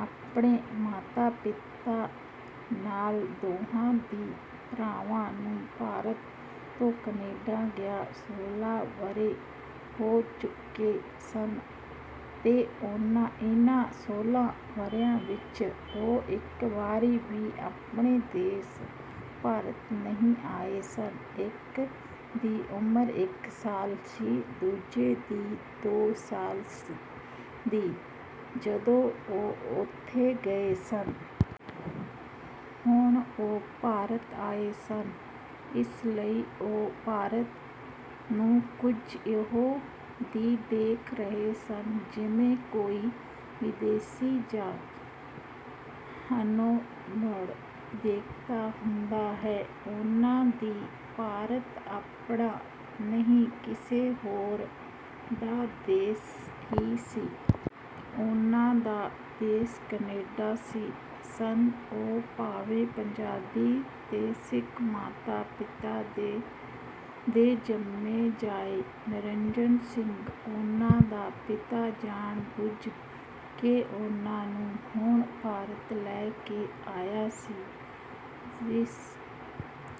ਆਪਣੇ ਮਾਤਾ-ਪਿਤਾ ਨਾਲ ਦੋਹਾਂ ਹੀ ਭਰਾਵਾਂ ਨੂੰ ਭਾਰਤ ਤੋਂ ਕੈਨੇਡਾ ਗਿਆਂ ਸੋਲ੍ਹਾਂ ਵਰ੍ਹੇ ਹੋ ਚੁੱਕੇ ਸਨ ਤੇ ਇਹਨਾਂ ਸੋਲਾਂ ਵਰ੍ਹਿਆਂ ਵਿਚ ਉਹ ਇਕ ਵਾਰ ਵੀ ਆਪਣੇ ਦੇਸ਼ ਭਾਰਤ ਨਹੀਂ ਆਏ ਸਨ। ਇਕ ਦੀ ਉਮਰ ਇਕ ਸਾਲ ਸੀ, ਦੂਜੇ ਦੀ ਦੋ ਸਾਲ ਦੀ, ਜਦੋਂ ਉਹ ਏਥੋਂ ਗਏ ਸਨ। ਹੁਣ ਉਹ ਭਾਰਤ ਆਏ ਸਨ। ਇਸ ਲਈ ਉਹ ਭਾਰਤ ਨੂੰ ਕੁੱਝ ਇਉਂ ਹੀ ਦੇਖ ਰਹੇ ਸਨ ਜਿਵੇਂ ਕੋਈ ਬਦੇਸ਼ੀ ਜਾਂ ਅਨੋਭੜ ਦੇਖਦਾ ਹੁੰਦਾ ਹੈ। ਉਹਨਾਂ ਲਈ ਭਾਰਤ ਆਪਣਾ ਨਹੀਂ ਕਿਸੇ ਹੋਰ ਦਾ ਦੇਸ਼ ਹੀ ਸੀ। ਉਹਨਾਂ ਦਾ ਦੇਸ਼ ਕੈਨੇਡਾ ਸੀ। ਸਨ ਉਹ ਭਾਵੇਂ ਪੰਜਾਬੀ ਤੇ ਸਿੱਖ ਮਾਤਾ-ਪਿਤਾ ਦੇ ਜੰਮੇ ਜਾਏ। ਨਿਰੰਜਨ ਸਿੰਘ, ਉਹਨਾਂ ਦਾ ਪਿਤਾ ਜਾਣ-ਬੁੱਝ ਕੇ ਉਹਨਾਂ ਨੂੰ ਹੁਣ ਭਾਰਤ ਲੈ ਕੇ ਆਇਆ ਸੀ।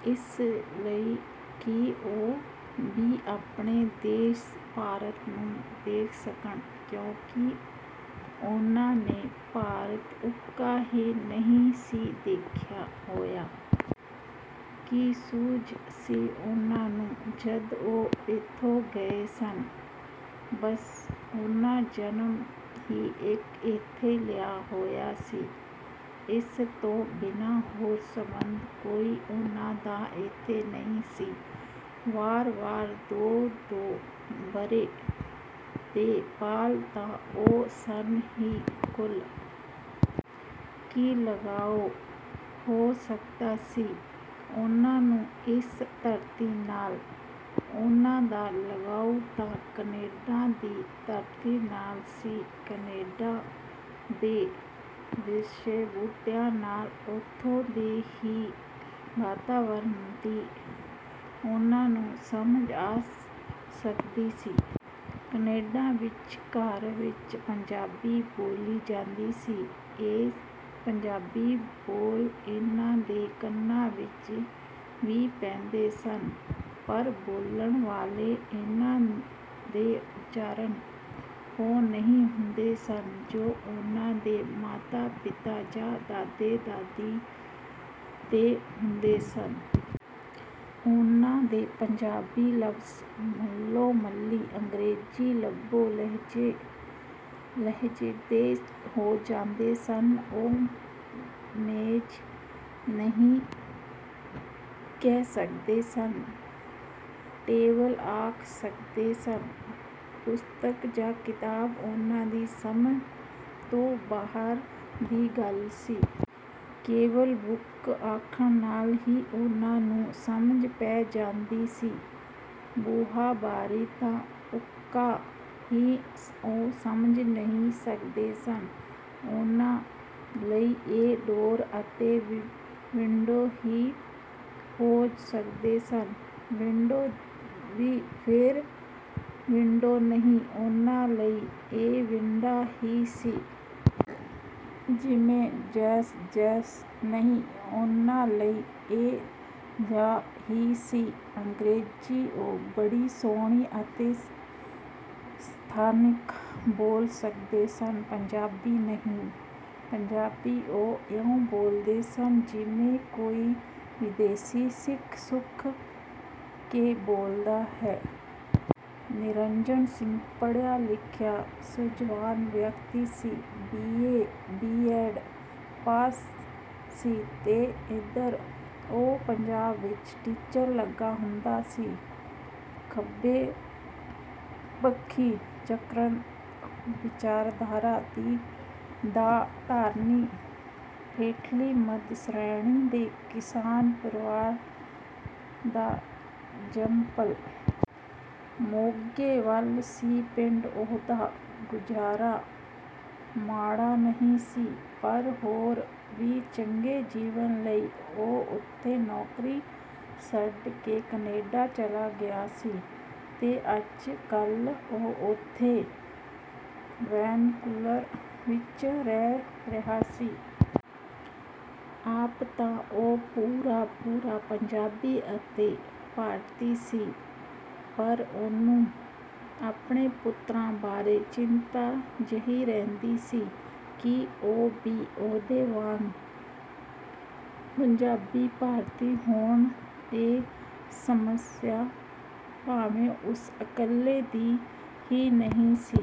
ਇਸ ਲਈ ਕਿ ਉਹ ਵੀ ਆਪਣੇ ਦੇਸ਼ ਭਾਰਤ ਨੂੰ ਦੇਖ ਸਕਣ ਕਿਉਂਕਿ ਉਹਨਾਂ ਨੇ ਭਾਰਤ ਉਕਾ ਹੀ ਨਹੀਂ ਸੀ ਦੇਖਿਆ ਹੋਇਆ। ਕੀ ਸੂਝ ਸੀ ਉਹਨਾਂ ਨੂੰ ਜਦ ਉਹ ਏਥੋਂ ਗੲ ਸਨ? ਬਸ, ਉਹਨਾਂ ਜਨਮ ਹੀ ਇਕ ਏਥੇ ਲਿਆ ਹੋਇਆ ਸੀ। ਇਸ ਤੋਂ ਬਿਨਾਂ ਹੋਰ ਸੰਬੰਧ ਕੋਈ ਉਹਨਾਂ ਦਾ ਏਥੇ ਨਹੀਂ ਸੀ। ਵਰ੍ਹਾ-ਵਰ੍ਹਾ, ਦੋ -ਦੋ ਵਰ੍ਹੇ ਦੇ ਬਾਲ ਤਾਂ ਉਹ ਸਨ ਹੀ ਕੁੱਲ। ਕੀ ਲਗਾਊ ਹੋ ਸਕਦਾ ਸੀ ਉਹਨਾਂ ਨੂੰ ਇਸ ਧਰਤੀ ਨਾਲ? ਉਹਨਾਂ ਦਾ ਲਗਾਉ ਤਾਂ ਕੈਨੇਡਾ ਦੀ ਧਰਤੀ ਨਾਲ ਸੀ, ਕੈਨੇਡਾ ਦੇ ਬਿਰਛ-ਬੂਟਿਆਂ ਨਾਲ। ਉਥੋਂ ਦੇ ਹੀ ਵਾਤਾਵਰਣ ਦੀ ਉਹਨਾਂ ਨੂੰ ਸਮਝ ਆ ਸਕਦੀ ਸੀ। ਕੈਨੇਡਾ ਵਿਚ, ਘਰ ਵਿਚ, ਪੰਜਾਬੀ ਬੋਲੀ ਜਾਂਦੀ ਸੀ। ਇਹ ਪੰਜਾਬੀ ਬੋਲ ਇਹਨਾਂ ਦੇ ਕੰਨਾਂ ਵਿਚ ਵੀ ਪੈਂਦੇ ਸਨ ਪਰ ਬੋਲਣ ਵੇਲੇ ਇਹਨਾਂ ਦੇ ਉਚਾਰਨ ਉਹ ਨਹੀਂ ਹੁੰਦੇ ਸਨ ਜੋ ਉਹਨਾਂ ਦੇ ਮਾਤਾ-ਪਿਤਾ ਜਾਂ ਦਾਦੇ-ਦਾਦੀ ਦੇ ਹੁੰਦੇ ਸਨ। ਉਹਨਾਂ ਦੇ ਪੰਜਾਬੀ ਲਫ਼ਜ਼ ਮੰਲੋ-ਮੱਲੀ ਅੰਗੇਜ਼ੀ ਲਬੋ ਲਹਿਜ਼ੇ ਦੇ ਹੋ ਜਾਂਦੇ ਸਨ। ਉਹ ਮੇਜ਼ ਨਹੀਂ ਕਹਿ ਸਕਦੇ ਸਨ, ਟੇਬਲ ਆਖ ਸਕਦੇ ਸਨ। ਪੁਸਤਕ ਜਾਂ ਕਿਤਾਬ ਉਹਨਾਂ ਦੀ ਸਮਝ ਤੋਂ ਬਾਹਰ ਦੀ ਗੱਲ ਸੀ। ਕੇਵਲ ਬੁੱਕ ਆਖਣ ਨਾਲ ਹੀ ਉਹਨਾਂ ਨੂੰ ਸਮਝ ਪੈ ਸਕਦੀ ਸੀ। ਬੂਹਾ, ਬਾਰੀ ਤਾਂ ਉਕਾ ਹੀ ਉਹ ਸਮਝ ਨਹੀਂ ਸਕਦੇ ਸਨ। ਉਹਨਾਂ ਲਈ ਇਹ ਡੋਰ ਅਤੇ ਵਿੰਡੋ ਹੀ ਹੋ ਸਕਦੇ ਸਨ। ਵਿੰਡੋ ਵੀ ਫੇਰ ਵਿੰਡੋ ਨਹੀਂ, ਉਹਨਾਂ ਲਈ ਇਹ "ਵਿੰਡਾ" ਹੀ ਸੀ। ਜਿਵੇਂ ਯੈਸ? ਯੈਸ ਨਹੀਂ, ਉਹਨਾਂ ਲਈ ਇਹ "ਯਾਅ" ਹੀ ਸੀ। ਅੰਗਰੇਜ਼ੀ ਉਹ ਬੜੀ ਸੋਹਣੀ ਅਤੇ ਸਥਾਨਕ ਬੋਲ ਸਕਦੇ ਸਨ, ਪੰਜਾਬੀ ਨਹੀਂ। ਪੰਜਾਬੀ ਉਹ ਇਉਂ ਬੋਲਦੇ ਸਨ ਜਿਵੇਂ ਕੋਈ ਬਦੇਸ਼ੀ ਸਿੱਖ-ਸੁੱਖ ਕੇ ਬੋਲਦਾ ਹੁੰਦਾ ਹੈ। ਨਿਰੰਜਣ ਸਿੰਘ ਪੜ੍ਹਿਆ ਲਿਖਿਆ ਸੂਝਵਾਨ ਵਿਅਕਤੀ ਸੀ। B. A. B. Ed pass ਸੀ ਤੇ ਏਧਰ ਉਹ ਪੰਜਾਬ ਵਿਚ ਟੀਚਰ ਲੱਗਾ ਹੁੰਦਾ ਸੀ। ਖੱਬੇ ਪੱਖੀ ਜਾਗ੍ਰਤ ਵਿਚਾਰਧਾਰਾ ਦਾ ਧਾਰਨੀ। ਹੇਠਲੀ ਮੱਧ ਸ਼੍ਰੇਣੀ ਦੇ ਕਿਸਾਨ ਪਰਿਵਾਰ ਦਾ ਜੰਮਪਲ। ਮੋਗੇ ਵੱਲ ਸੀ ਪਿੰਡ ਉਹਦਾ। ਗੁਜ਼ਾਰਾ ਮਾੜਾ ਨਹੀਂ ਸੀ, ਪਰ ਹੋਰ ਵੀ ਚੰਗੇ ਜੀਵਨ ਲਈ ਉਹ ਏਥੋਂ ਨੌਕਰੀ ਛੱਡ ਕੇ ਕੈਨੇਡਾ ਚਲਾ ਗਿਆ ਸੀ ਤੇ ਅੱਜਕੱਲ੍ਹ ਉਹ ਉਥੇ ਵੈਨਕੂਵਰ ਵਿਚ ਰਹਿ ਰਿਹਾ ਸੀ। ਆਪ ਤਾਂ ਉਹ ਪੂਰਾ-ਪੂਰਾ ਪੰਜਾਬੀ ਅਤੇ ਭਾਰਤੀ ਸੀ ਪਰ ਉਹਨੂੰ ਆਪਣੇ ਪੁੱਤਰਾਂ ਬਾਰੇ ਚਿੰਤਾ ਜਿਹੀ ਰਹਿੰਦੀ ਸੀ ਕਿ ਉਹ ਵੀ ਉਹਦੇ ਵਾਂਗ ਵੀ ਪੰਜਾਬੀ ਭਾਰਤੀ ਹੋਣ। ਇਹ ਸਮੱਸਿਆ ਭਾਵੇਂ ਉਸ ਇਕੱਲੇ ਦੀ ਹੀ ਨਹੀਂ ਸੀ।